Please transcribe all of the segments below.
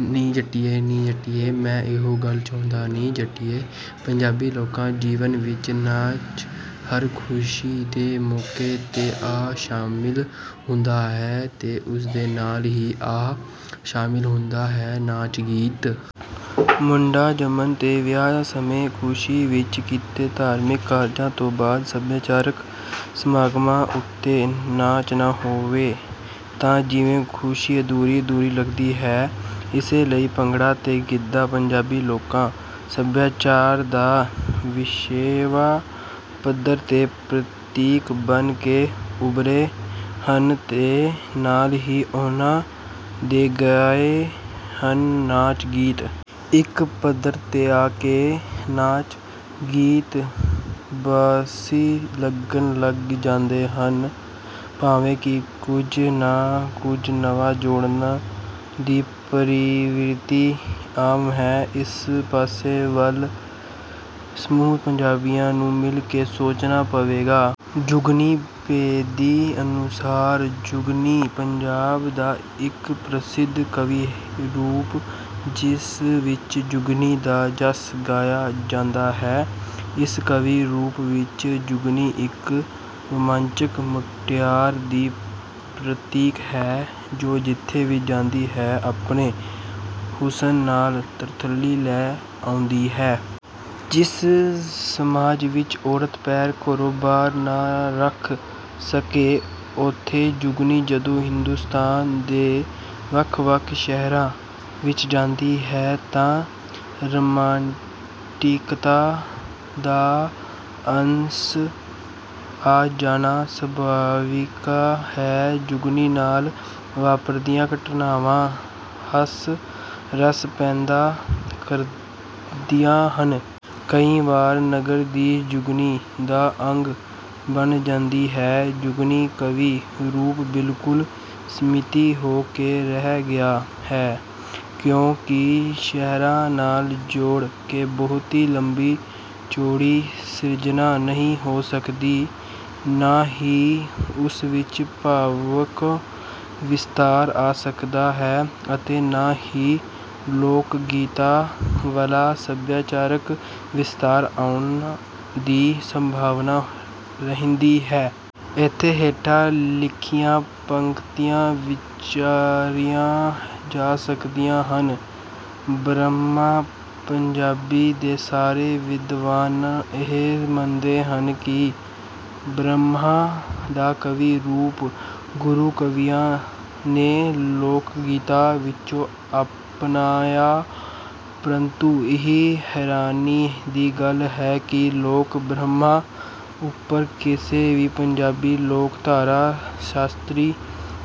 ਨੀ ਜੱਟੀਏ ਨੀ ਜੱਟੀਏ ਮੈਂ ਇਹੋ ਗੱਲ ਚਾਹੁੰਦਾ ਨੀ ਜੱਟੀਏ। ਪੰਜਾਬੀ ਲੋਕ ਜੀਵਨ ਵਿਚ ਨਾਚ ਹਰ ਖੁਸ਼ੀ ਦੇ ਮੌਕੇ ਤੇ ਆ ਸ਼ਾਮਿਲ ਹੁੰਦਾ ਹੈ ਤੇ ਉਸਦੇ ਨਾਲ਼ ਹੀ ਆ ਸ਼ਮਿਲ ਹੁੰਦਾ ਹੈ ਨਾਚ ਗੀਤ। ਮੁੰਡਾ ਜਮੰਣ ਤੇ, ਵਿਆਹ ਸਮੇਂ, ਖੁਸ਼ੀ ਵਿਚ ਕੀਤੇ ਧਾਰਮਿਕ ਕਾਰਜਾਂ ਤੋਂ ਬਾਦ, ਸਭਿਆਚਾਰਕ ਸਮਾਗਮਾਂ ਉੱਤੇ ਨਾਚ ਨਾ ਹੋਵੇ ਤਾਂ ਜਿਵੇਂ ਖੁਸ਼ੀ ਅਧੂਰੀ ਅਧੂਰੀ ਲੱਗਦੀ ਹੈ। ਇਸੇ ਲਈ ਭੰਗੜਾ ਤੇ ਗਿੱਧਾ ਪੰਜਾਬੀ ਲੋਕ ਸਭਿਆਚਾਰ ਦਾ ਵਿਸ਼ਵ ਪੱਧਰ ਤੇ ਪ੍ਰਤੀਕ ਬਣ ਕੇ ਉਭਰੇ ਹਨ ਤੇ ਨਾਲ਼ ਹੀ ਉਨ੍ਹਾਂ ਦੇ ਗਾਏ ਹਨ ਨਾਚ ਗੀਤ। ਇਕ ਪੱਧਰ ਤੇ ਆ ਕੇ ਨਾਚ ਗੀਤ ਬਾਸੀ ਲੱਗਣ ਲੱਗ ਜਾਂਦੇ ਹਨ ਭਾਵੇਂ ਕਿ ਕੁਝ ਨਾ ਕੁਝ ਨਵਾਂ ਜੋੜਨ ਦੀ ਪ੍ਰਵਿਰਤੀ ਆਮ ਹੈ। ਇਸ ਪਾਸੇ ਵਲ ਸਮੂਹ ਪੰਜਾਬੀਆ ਨੂੰ ਮਿਲ਼ ਕੇ ਸੋਚਣਾ ਪਵੇਗਾ। ਜੁਗਨੀ ਬੇਦੀ ਅਨੁਸਾਰ ਜੁਗਨੀ, "ਪੰਜਾਬ ਦਾ ਇਕ ਪ੍ਰਸਿਧ ਕਾਵਿ ਰੂਪ ਜਿਸ ਵਿਚ ਜੁਗਨੀ ਦਾ ਜੱਸ ਗਾਇਆ ਜਾਂਦਾ ਹੈ: ਇਸ ਕਾਵਿ ਰੂਪ ਵਿਚ ਜੁਗਨੀ ਇਕ ਰੋਮਾਂਚਕ ਮੁਟਿਆਰ ਦੀ ਪ੍ਰਤੀਕ ਹੈ ਜੋ ਜਿਥੇ ਵੀ ਜਾਂਦੀ ਹੈ ਆਪਣੇ ਹੁਸਨ ਨਾਲ ਤਰਥੱਲੀ ਲੈ ਆਉਂਦੀ ਹੈ। " ਜਿਸ ਸਮਾਜ ਵਿਚ ਔਰਤ ਪੈਰ ਘਰੋਂ ਬਾਹਰ ਨਾ ਰੱਖ ਸਕੇ ਉੱਥੇ ਜੁਗਨੀ ਜਦੋਂ ਹਿੰਦੁਸਤਾਨ ਦੇ ਵੱਖ ਵੱਖ ਸ਼ਹਿਰਾਂ ਵਿਚ ਜਾਂਦੀ ਹੈ ਤਾਂ ਰੁਮਾਂਟਿਕਤਾ ਦਾ ਅੰਸ਼ ਆ ਜਾਣਾ ਸੁਭਾਵਿਕ ਹੈ। ਜੁਗਨੀ ਨਾਲ ਵਾਪਰਦੀਆਂ ਘਟਨਾਵਾਂ ਹਾਸ ਰਸ ਪੈਦਾ ਕਰਦੀਆਂ ਹਨ। ਕਈ ਵਾਰ ਨਗਰ ਦੀ ਜੁਗਨੀ ਦਾ ਅੰਗ ਬਣ ਜਾਂਦੀ ਹੈ। ਜੁਗਨੀ ਕਾਵਿ ਰੂਪ ਬਿਲਕੁਲ ਸੀਮਿਤ ਹੋ ਕੇ ਰਹਿ ਗਿਆ ਹੈ ਕਿਉਂ ਕਿ ਸ਼ਹਿਰਾਂ ਨਾਲ ਜੁੜ ਕੇ ਬਹੁਤੀ ਲੰਬੀ ਚੌੜੀ ਸਿਰਜਣਾ ਨਹੀਂ ਹੋ ਸਕਦੀ,ੇ ਨਾਂ ਹੀ ਉਸ ਵਿਚ ਭਾਵੁਕ ਵਿਸਤਾਰ ਆ ਸਕਦਾ ਹੈ ਅਤੇ ਨਾ ਹੀ ਲੋਕਗੀਤਾਂ ਵਾਲਾ ਸਭਿਆਚਾਰਕ ਵਿਸਤਾਰ ਆਉਣ ਦੀ ਸੰਭਾਵਨਾ ਰਹਿੰਦੀ ਹੈ। ਇਥੇ ਹੇਠ ਲਿਖੀਆਂ ਪੰਕਤੀਆਂ ਵਿਚਾਰੀਆਂ ਜਾ ਸਕਦੀਆਂ ਹਨ; ਬਾਰਾਂਮਾਹਾਂ ਪੰਜਾਬੀ ਦੇ ਸਾਰੇ ਵਿਦਵਾਨ ਇਹ ਮੰਨਦੇ ਹਨ ਕਿ ਬਾਰਾਂਮਾਹਾਂ ਦਾ ਕਾਵਿ ਰੂਪ ਗੁਰੂ ਕਵੀਆਂ ਨੇ ਲੋਕਗੀਤਾਂ ਵਿਚੋਂ ਅਪਣਾਇਆ ਪਰੰਤੂ ਇਹ ਹੈਰਾਨੀ ਦੀ ਗੱਲ ਹੈ ਕਿ ਲੋਕ ਬਾਰਾਂਮਾਹਾਂ ਉਪਰ ਕਿਸੇ ਵੀ ਪੰਜਾਬੀ ਲੋਕਧਾਰਾ ਸ਼ਾਸਤਰੀ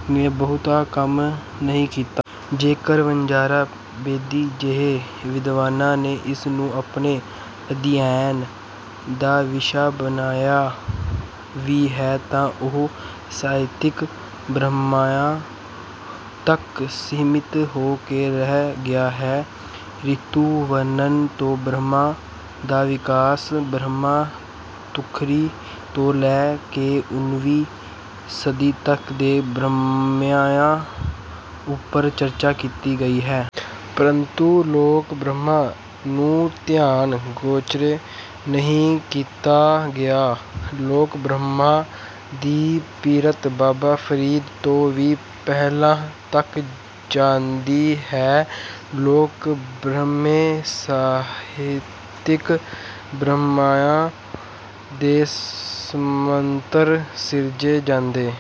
ਨੇ ਬਹੁਤਾ ਕੰਮ ਨਹੀਂ ਕੀਤਾ। ਜੇਕਰ ਵਣਜਾਰਾ ਬੇਦੀ ਜਿਹੇ ਵਿਦਵਾਨਾਂ ਨੇ ਇਸ ਨੂੰ ਆਪਣੇ ਅਧਿਐਨ ਦਾ ਵਿਸ਼ਾ ਬਣਾਇਆ ਵੀ ਹੈ ਤਾਂ ਉਹ ਸਾਹਿਤਿਕ ਬਾਰਾਂਮਾਹਿਆਂ ਤੱਕ ਸੀਮਿਤ ਹੋ ਕੇ ਰਹਿ ਗਿਆ ਹੈ। ਰਿਤੂ ਵਰਣਨ ਤੋਂ ਬਾਰਾਂਮਾਹਾਂ ਦਾ ਵਿਕਾਸ, ਬਾਰਾਂਮਾਹਾਂ ਤੁਖਾਰੀ ਤੋਂ ਲੈ ਕੇ ਉਨੀਵੀਂ ਸਦੀ ਤੱਕ ਦੇ ਬਾਰਾਂਮਾਹਿਆਂ ਉੱਪਰ ਚਰਚਾ ਕੀਤੀ ਗਈ ਹੈ। ਪਰੰਤੂ ਲੋਕ ਬਾਰਾਂਮਾਹਾਂ ਨੂੰ ਧਿਆਨ ਗੋਚਰੇ ਨਹੀਂ ਕੀਤਾ ਗਿਆ। ਲੋਕ ਬਾਰਾਂਮਾਹਾਂ ਦੀ ਪਿਰਤ ਬਾਬਾ ਫ਼ਰੀਦ ਤੋਂ ਵੀ ਪਹਿਲਾਂ ਤੱਕ ਜਾਂਦੀ ਹੈ। ਲੋਕ ਬਾਰਾਂਮਾਹੇਂ ਸਾਹਤਿਕ ਬਾਰਾਂਮਾਹਿਆਂ ਦੇ ਸਮਾਨੰਤਰ ਸਿਰਜੇ ਜਾਂਦੇ